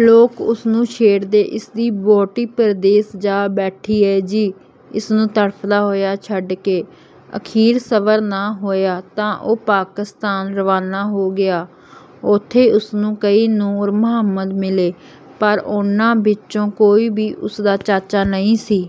ਲੋਕ ਉਸਨੂੰ ਛੇੜਦੇ, 'ਇਸਦੀ ਵਹੂਟੀ ਪਰਦੇਸ ਜਾ ਬੈਠੀ ਏ ਜੀ, ਇਸਨੂੰ ਤੜਫਦਾ ਹੋਇਆ ਛੱਡ ਕੇ।' ਅਖੀਰ ਸਬਰ ਨਾ ਹੋਇਆ ਤਾਂ ਉਹ ਪਾਕਿਸਤਾਨ ਰਵਾਨਾ ਹੋ ਗਿਆ। ਉੱਥੇ ਉਸਨੂੰ ਕਈ ਨੂਰ ਮੁਹੰਮਦ ਮਿਲੇ, ਪਰ ਉਹਨਾਂ ਵਿੱਚੋਂ ਕੋਈ ਵੀ ਉਸਦਾ ਚਾਚਾ ਨਹੀਂ ਸੀ।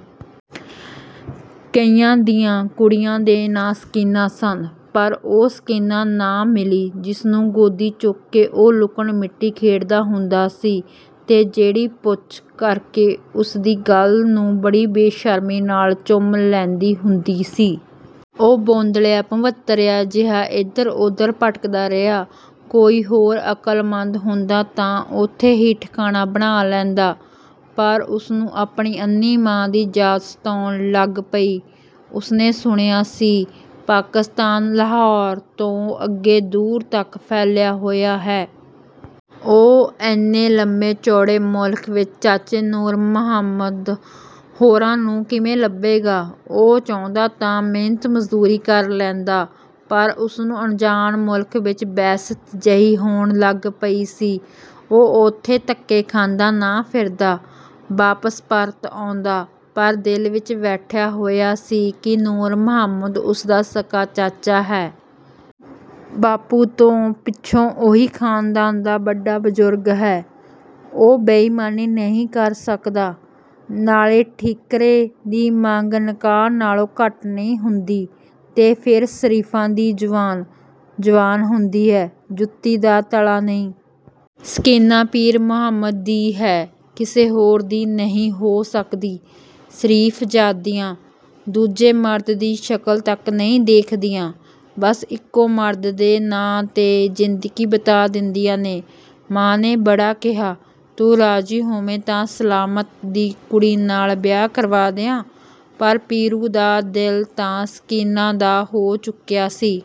ਕਈਆਂ ਦੀਆਂ ਕੁੜੀਆਂ ਦੇ ਨਾਂ ਸਕੀਨਾ ਸਨ, ਪਰ ਉਹ ਸਕੀਨਾ ਨਾ ਮਿਲੀ ਜਿਸਨੂੰ ਗੋਦੀ ਚੁੱਕ ਕੇ ਉਹ ਲੁਕਣ-ਮੀਟੀ ਖੇਡਦਾ ਹੁੰਦਾ ਸੀ ਤੇ ਜਿਹੜੀ 'ਪੁੱਚ' ਕਰਕੇ ਉਸਦੀ ਗੱਲ੍ਹ ਨੂੰ ਬੜੀ ਬੇਸ਼ਰਮੀ ਨਾਲ ਚੁੰਮ ਲੈਂਦੀ ਹੁੰਦੀ ਸੀ। ਉਹ ਬੌਂਦਲਿਆ-ਭੰਵਤਰਿਆ ਜਿਹਾ ਏਧਰ-ਉਧਰ ਭਟਕਦਾ ਰਿਹਾ। ਕੋਈ ਹੋਰ ਅਕਲਮੰਦ ਹੁੰਦਾ ਤਾਂ ਉੱਥੇ ਹੀ ਠਿਕਾਣਾ ਬਣਾ ਲੈਂਦਾ, ਪਰ ਉਸਨੂੰ ਆਪਣੀ ਅੰਨ੍ਹੀ ਮਾਂ ਦੀ ਯਾਦ ਸਤਾਉਣ ਲੱਗ ਪਈ। ਉਸਨੇ ਸੁਣਿਆ ਸੀ, ਪਾਕਿਸਤਾਨ ਲਾਹੌਰ ਤੋਂ ਅੱਗੇ ਦੂਰ ਤੱਕ ਫੈਲਿਆ ਹੋਇਆ ਹੈ। ਉਹ ਏਨੇ ਲੰਮੇ-ਚੌੜੇ ਮੁਲਕ ਵਿੱਚ ਚਾਚੇ ਨੂਰ ਮੁਹੰਮਦ ਹੁਰਾਂ ਨੂੰ ਕਿਵੇਂ ਲੱਭੇਗਾ? ਉਹ ਚਾਹੁੰਦਾ ਤਾਂ ਮਿਹਨਤ-ਮਜ਼ਦੂਰੀ ਕਰ ਲੈਂਦਾ, ਪਰ ਉਸਨੂੰ ਅਣਜਾਣ ਮੁਲਕ ਵਿੱਚ ਵਹਿਸ਼ਤ ਜਿਹੀ ਹੋਣ ਲੱਗ ਪਈ ਸੀ। ਉਹ ਉੱਥੇ ਧੱਕੇ ਖਾਂਦਾ ਨਾ ਫਿਰਦਾ, ਵਾਪਸ ਪਰਤ ਆਉਂਦਾ ਪਰ ਦਿਲ ਵਿੱਚ ਬੈਠਿਆ ਹੋਇਆ ਸੀ ਕਿ ਨੂਰ ਮੁਹੰਮਦ ਉਸਦਾ ਸਕਾ ਚਾਚਾ ਹੈ। ਬਾਪੂ ਤੋਂ ਪਿੱਛੋਂ ਉਹੀ ਖਾਨਦਾਨ ਦਾ ਵੱਡਾ ਬਜ਼ੁਰਗ ਹੈ। ਉਹ ਬੇਈਮਾਨੀ ਨਹੀਂ ਕਰ ਸਕਦਾ। ਨਾਲੇ ਠੀਕਰੇ ਦੀ ਮੰਗ ਨਿਕਾਹ ਨਾਲੋਂ ਘੱਟ ਨਹੀਂ ਹੁੰਦੀ। ਤੇ ਫਿਰ ਸ਼ਰੀਫਾਂ ਦੀ ਜ਼ੁਬਾਨ, ਜ਼ੁਬਾਨ ਹੁੰਦੀ ਹੈ। ਜੁੱਤੀ ਦਾ ਤਲਾ ਨਹੀਂ। ਸਕੀਨਾ ਪੀਰ ਮੁਹੰਮਦ ਦੀ ਹੈ, ਕਿਸੇ ਹੋਰ ਦੀ ਨਹੀਂ ਹੋ ਸਕਦੀ। ਸ਼ਰੀਫ ਜ਼ਾਦੀਆਂ ਦੂਜੇ ਮਰਦ ਦੀ ਸ਼ਕਲ ਤੱਕ ਨਹੀਂ ਦੇਖਦੀਆਂ। ਬੱਸ ਇੱਕੋ ਮਰਦ ਦੇ ਨਾਂ 'ਤੇ ਜ਼ਿੰਦਗੀ ਬਿਤਾ ਦਿੰਦੀਆਂ ਨੇ। ਮਾਂ ਨੇ ਬੜਾ ਕਿਹਾ,"ਤੂੰ ਰਾਜ਼ੀ ਹੋਵੇਂ ਤਾਂ ਸਲਾਮਤ ਦੀ ਕੁੜੀ ਨਾਲ ਵਿਆਹ ਕਰਵਾ ਦਿਆਂ" ਪਰ ਪੀਰੂ ਦਾ ਦਿਲ ਤਾਂ ਸਕੀਨਾ ਦਾ ਹੋ ਚੁੱਕਿਆ ਸੀ।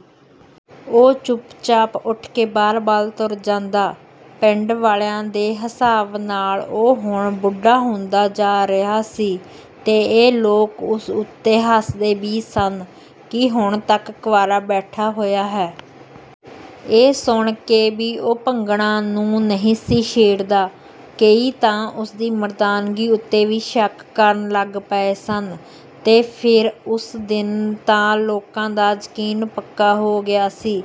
ਉਹ ਚੁੱਪ-ਚਾਪ ਉੱਠ ਕੇ ਬਾਹਰ ਵੱਲ ਤੁਰ ਜਾਂਦਾ। ਪਿੰਡ ਵਾਲਿਆਂ ਦੇ ਹਿਸਾਬ ਨਾਲ ਹੁਣ ਉਹ ਬੁੱਢਾ ਹੁੰਦਾ ਜਾ ਰਿਹਾ ਸੀ ਤੇ ਇਹ ਲੋਕ ਉਸ ਉੱਤੇ ਹੱਸਦੇ ਵੀ ਸਨ ਕਿ ਹੁਣ ਤੱਕ ਕੁਆਰਾ ਬੈਠਾ ਹੋਇਆ ਹੈ। ਇਹ ਸੁਣ ਕੇ ਵੀ ਉਹ ਭੰਗਣਾ ਨੂੰ ਨਹੀਂ ਸੀ ਛੇੜਦਾ, ਕਈ ਤਾਂ ਉਸਦੀ ਮਰਦਾਨਗੀ ਉੱਤੇ ਵੀ ਸ਼ੱਕ ਕਰਨ ਲੱਗ ਪਏ ਸਨ ਤੇ ਫਿਰ ਉਸ ਦਿਨ ਤਾਂ ਲੋਕਾਂ ਦਾ ਯਕੀਨ ਪੱਕਾ ਹੋ ਗਿਆ ਸੀ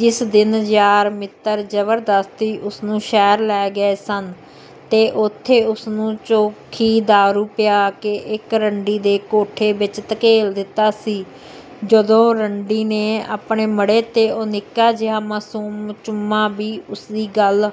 ਜਿਸ ਦਿਨ ਯਾਰ-ਮਿੱਤਰ ਜ਼ਬਰਦਸਤੀ ਉਸਨੂੰ ਸ਼ਹਿਰ ਲੈ ਗਏ ਸਨ ਤੇ ਉੱਥੇ ਉਸਨੂੰ ਚੋਖੀ ਦਾਰੂ ਪਿਆ ਕੇ ਇੱਕ ਰੰਡੀ ਦੇ ਕੋਠੇ ਵਿੱਚ ਧਕੇਲ ਦਿੱਤਾ ਸੀ‌‌, ਜਦੋਂ ਰੰਡੀ ਨੇ ਆਪਣੇ ਮੜ੍ਹੇ ਤੇ ਉਹ ਨਿੱਕਾ ਜਿਹਾ ਮਾਸੂਮ ਚੁੰਮਾ ਵੀ ਉਸਦੀ ਗੱਲ੍ਹ।